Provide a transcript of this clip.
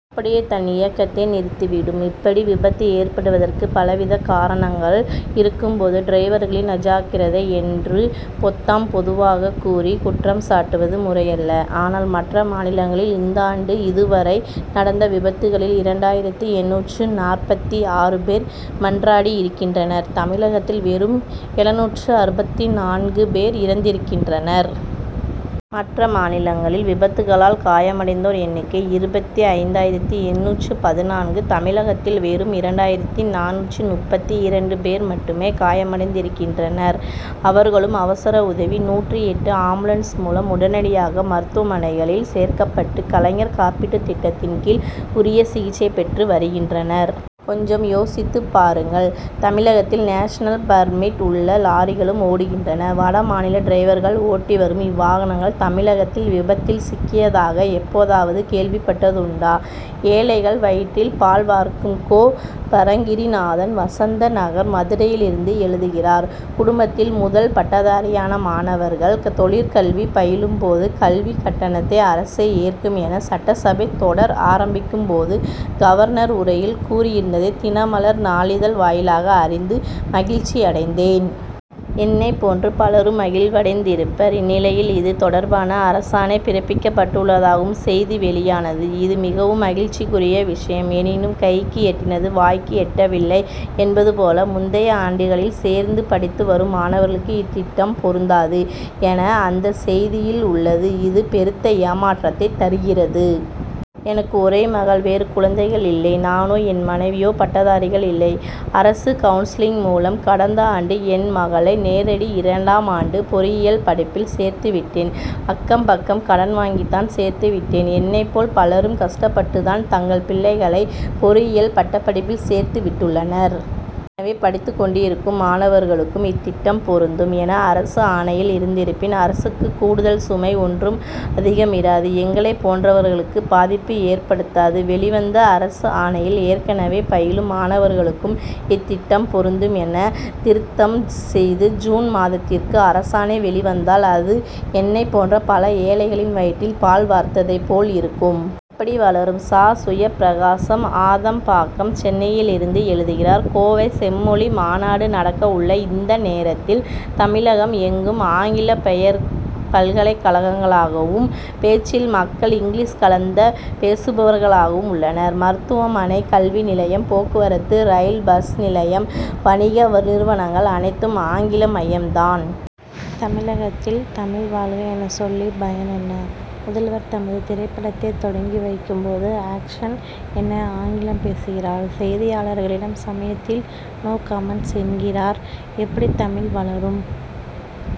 அப்படியே தன் இயக்கத்தை நிறுத்தி விடும். இப்படி விபத்து ஏற்படுவதற்கு பலவித காரணங்கள் இருக்கும்போது டிரைவர்களின் அஜாக்கிரதை என்று பொத்தாம் பொதுவாக குறை கூறி குற்றம் சாட்டுவது முறையல்ல. ஆனால் மற்ற மாநிலங்களில் இந்தாண்டு இதுவரை நடந்த விபத்துகளில் இரண்டாயிரத்து எண்ணூற்று நாற்பத்தி ஆறு பேர் மாண்டிருக்கின்றனர் தமிழகத்தில் வெறும் எழுநூற்று அறுபத்தி நான்கு பேர் இறந்திருக்கின்றனர். மற்ற மாநிலங்களில் விபத்துகளால் காயமடைந்தோர் எண்ணிக்கை இருபத்தி ஐந்தாயிரத்து எண்ணூற்று பதினான்கு தமிழகத்தில் வெறும் இரண்டாயிரத்து நானூற்று முப்பத்தி இரண்டு பேர் மட்டுமே காயமடைந்திருக்கின்றனர். அவர்களும் அவசர உதவி நூற்று எட்டு ஆம்புலன்ஸ் மூலம் உடனடியாக மருத்துவமனைகளில் சேர்க்கப்பட்டு கலைஞர் காப்பீட்டுத் திட்டத்தின் கீழ் உரிய சிகிச்சை பெற்று வருகின்றனர். கொஞ்சம் யோசித்துப் பாருங்கள் தமிழகத்தில் நேஷனல் பர்மிட் உள்ள லாரிகளும் ஓடுகின்றன. வட மாநில டிரைவர்கள் ஓட்டிவரும் இவ்வாகனங்கள் தமிழகத்தில் விபத்தில் சிக்கியதாக எப்போதாவது கேள்விப்பட்டதுண்டா? ஏழைகள் வயிற்றில் பால் வார்க்கும்! கோ. பரங்கிரிநாதன் வசந்த நகர் மதுரையிலிருந்து எழுதுகிறார் குடும்பத்தில் முதல் பட்டதாரியான மாணவர்கள் தொழிற்கல்வி பயிலும்போது கல்விக் கட்டணத்தை அரசே ஏற்கும் என சட்டசபை தொடர் ஆரம்பிக்கும் போது கவர்னர் உரையில் கூறியிருந்ததை தினமலர் நாளிதழ் வாயிலாக அறிந்து மகிழ்ச்சியடைந்தேன். என்னைப் போன்று பலரும் மகிழ்வடைந்திருப்பர். இந்நிலையில் இது தொடர்பான அரசாணை பிறப்பிக்கப்பட்டுள்ளதாகவும் செய்தி வெளியானது இது மிகவும் மகிழ்ச்சிக்குரிய விஷயம். எனினும் கைக்கு எட்டினது வாய்க்கு எட்டவில்லை என்பது போல முந்தைய ஆண்டுகளில் சேர்ந்து படித்து வரும் மாணவர்களுக்கு இத் திட்டம் பொருந்தாது என அந்த செய்தியில் உள்ளது இது பெருத்த ஏமாற்றத்தையும் தருகிறது. எனக்கு ஒரே மகள் வேறு குழந்தைகள் இல்லை. நானோ என் மனைவியோ பட்டதாரிகள் இல்லை. அரசு கவுன்சிலிங் மூலம் கடந்தாண்டு என் மகளை நேரடி இரண்டாமாண்டு பொறியியல் படிப்பில் சேர்த்து விட்டேன். அக்கம் பக்கம் கடன் வாங்கித்தான் சேர்த்துவிட்டேன். என்னைப் போல் பலரும் கஷ்டப்பட்டுதான் தங்கள் பிள்ளைகளை பொறியியல் பட்டப்படிப்பில் சேர்த்து விட்டுள்ளனர். ஏற்கனவே படித்துக் கொண்டிருக்கும் மாணவர்களுக்கும் இத்திட்டம் பொருந்தும் என அரசு ஆணையில் இருந்திருப்பின் அரசுக்கு கூடுதல் சுமை ஒன்றும் அதிகமிராது எங்களைப் போன்றவர்களுக்கும் பாதிப்பு ஏற்படுத்தாது. வெளிவந்த அரசு ஆணையில் ஏற்கனவே பயிலும் மாணவர்களுக்கும் இத்திட்டம் பொருந்தும் என திருத்தம் செய்து ஜூன் மாதத்திற்குள் அரசாணை வெளிவந்தால் அது என்னைப் போன்ற பல ஏழைகளின் வயிற்றில் பால் வார்த்ததைப் போல் இருக்கும். எப்படி வளரும்? சா. சுயம்பிரகாசம் ஆதம் பாக்கம் சென்னையிலிருந்து எழுதுகிறார் கோவை செம்மொழி மாநாடு நடக்க உள்ள இந்த நேரத்தில் தமிழகம் எங்கும் ஆங்கில பெயர்ப் பலகைகளாகவும் பேச்சில் மக்கள் இங்கிலீஷ் கலந்த தமிழ் பேசுபவர்களாகவும் உள்ளனர். மருத்துவமனை கல்வி நிலையம் போக்குவரத்து ரயில் பஸ் நிலையம் வணிக நிறுவனங்கள் அனைத்தும் ஆங்கில மயம் தான். தமிழகத்தில் தமிழ் வாழ்க என சொல்லி பயன் என்ன? முதல்வர் தமது திரைப்படத்தை தொடங்கி வைக்கும் போது ஆக்ஷன் என ஆங்கிலம் பேசுகிறார். செய்தியாளர்களிடம் சமயத்தில் நோ கமென்ட்ஸ் என்கிறார். எப்படி தமிழ் வளரும்?